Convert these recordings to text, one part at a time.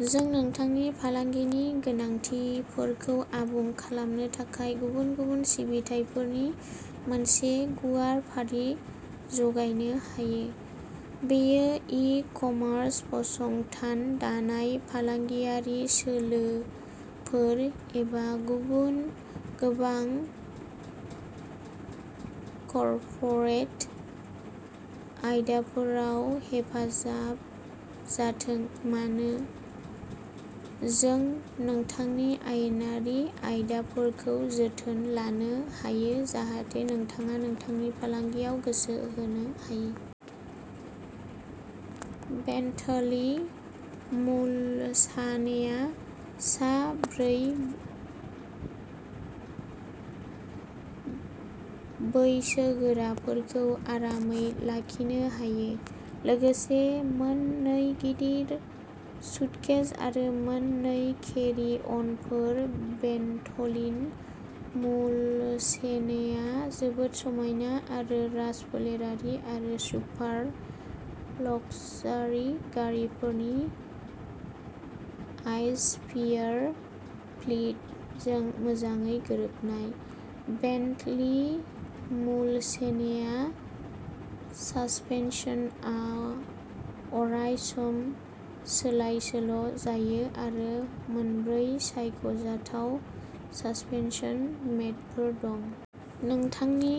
जों नोंथांनि फालांगिनि गोनांथिफोरखौ आबुं खालामनो थाखाय गुबुन गुबुन सिबिथाइफोरनि मोनसे गुवार फारि जगायनो हायो। बेयो इ-कमार्स, फसंथान दानाय, फालांगियारि सोलो फोर, एबा गुबुन गोबां कर्परेट आयदाफोराव हेफाजाब जाथों मानो, जों नोंथांनि आयेनारि आयदाफोरखौ जोथोन लानो हायो जाहाथे नोंथाङा नोंथांनि फालांगियाव गोसो होनो हायो। बेन्ट'लि मुलसानेआ सा ब्रै बैसोगोराफोरखौ आरामै लाखिनो हायो लोगोसे मोन नै गिदिर सुटकेस आरो मोन नै केरि-अनफोर। बेन्टलि मुलसेनेआ जोबोद समायना आरो राजफोलेरारि आरो सुपार-लक्जारि गारिफोरनि आइच'फियार फ्लीटजों मोजाङै गोरोबनाय। बेन्टलि मुलसेनेआ सासपेनसनआ अरायसम सोलायसोल' जायो आरो मोनब्रै सायख'जाथाव सासपेनसोन मेडफोर दं। नोंथांनि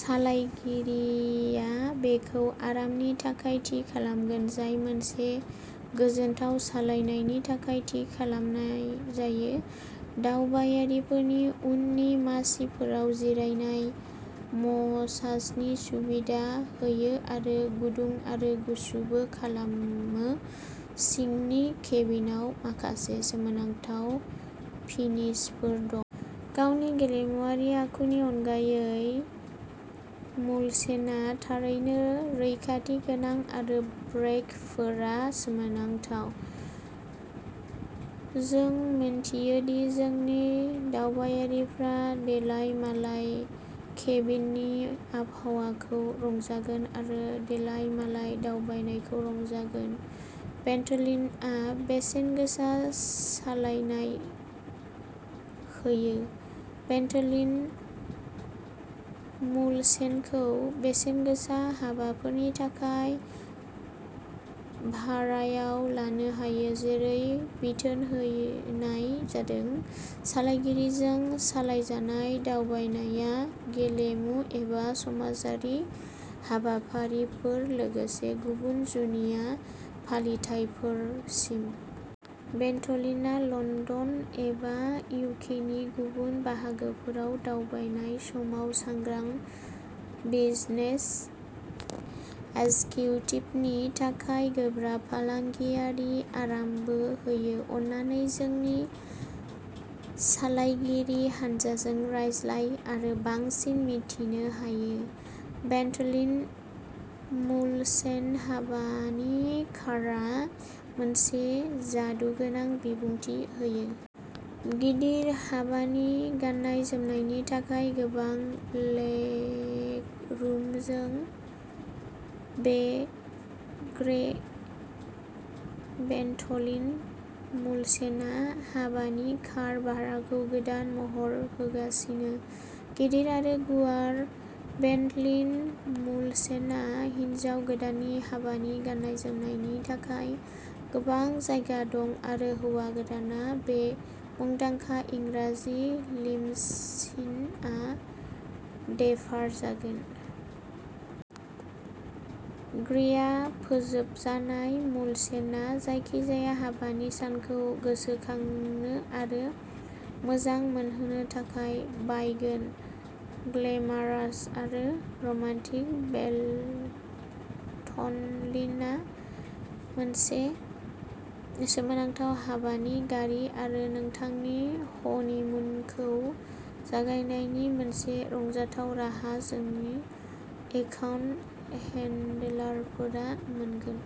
सालायगिरिया बेखौ आरामनि थाखाय थि खालामगोन, जाय मोनसे गोजोनथाव सालायनायनि थाखाय थि खालामनाय जायो। दावबायारिफोरनि उननि मासिफोरा। जिरायना मसाजनि सुबिदा होयो आरो गुदुं आरो गुसुबो खालामो। सिंनि केबिनआव माखासे सोमोनांथाव फिनिसफोर दं। गावनि गेलेमुआरि आखुनि अनगायै मुलसेनआ थारैनो रैखाथि गोनां आरो ब्रेकफोरा सोमोनांथाव। जों मिथियो दि जोंनि दावबायारिफ्रा देलायमालाय केबिननि आबहावाखौ रंजागोन आरो देलायमालाय दावबायनायखौ रंजागोन। बेन्टलिनआ बेसेन गोसा सालायनाय होयो। बेन्टलिन मुलसेनखौ बेसेन गोसा हाबाफोरनि थाखाय भारायाव लानो हायो, जेरै बिथोन होयनाय जादों सालायगिरिजों सालायजानाय दावबायनाया गेलेमु एबा समाजारि हाबाफारिफोर, लोगोसे गुबुन जुनिया फालिथायफोरसिम। बेन्टलिनआ लन्दन एबा इउकेनि गुबुन बाहागोफोराव दावबायनाय समाव सांग्रां बिजनेस एक्जिवटिभनि थाखाय गोब्राब फालांगियारि आरामबो होयो। अन्नानै जोंनि सालायगिरि हानजाजों रायज्लाय आरो बांसिन मिथिनो हायो। बेन्टलिन मुलसेन हाबानि कारआ मोनसे जादुगोनां बिबुंथि होयो। गिदिर हाबानि गाननाय-जोमनायनि थाखाय गोबां लेगरुमजों, बे ग्रे बेन्ट'लिन मुलसेनआ हाबानि कार भाराखौ गोदान महर होगासिनो। गिदिर आरो गुवार बेन्टलिन मुलसेनआ हिन्जाव गोदाननि हाबानि गाननाय-जोमनायनि थाखाय गोबां जायगा दं आरो हौवा गोदानआ बे मुंदांखा इंराजि लिमसिमआ देपार जागोन। ग्रेआव फोजोबजानाय, मुलसेनआ जायखिजाया हाबानि सानखौ गोसोखांनो आरो मोजां मोनहोनो थाखाय बायगोन। ग्लेमारास आरो रमान्टिक बेलटलिनआ मोनसे सोमोनांथाव हाबानि गारि आरो नोंथांनि हनिमुनखौ जागायनायनि मोनसे रंजाथाव राहा। जोंनि एकाउन्ट हेन्डलारफोरा मोनगोन।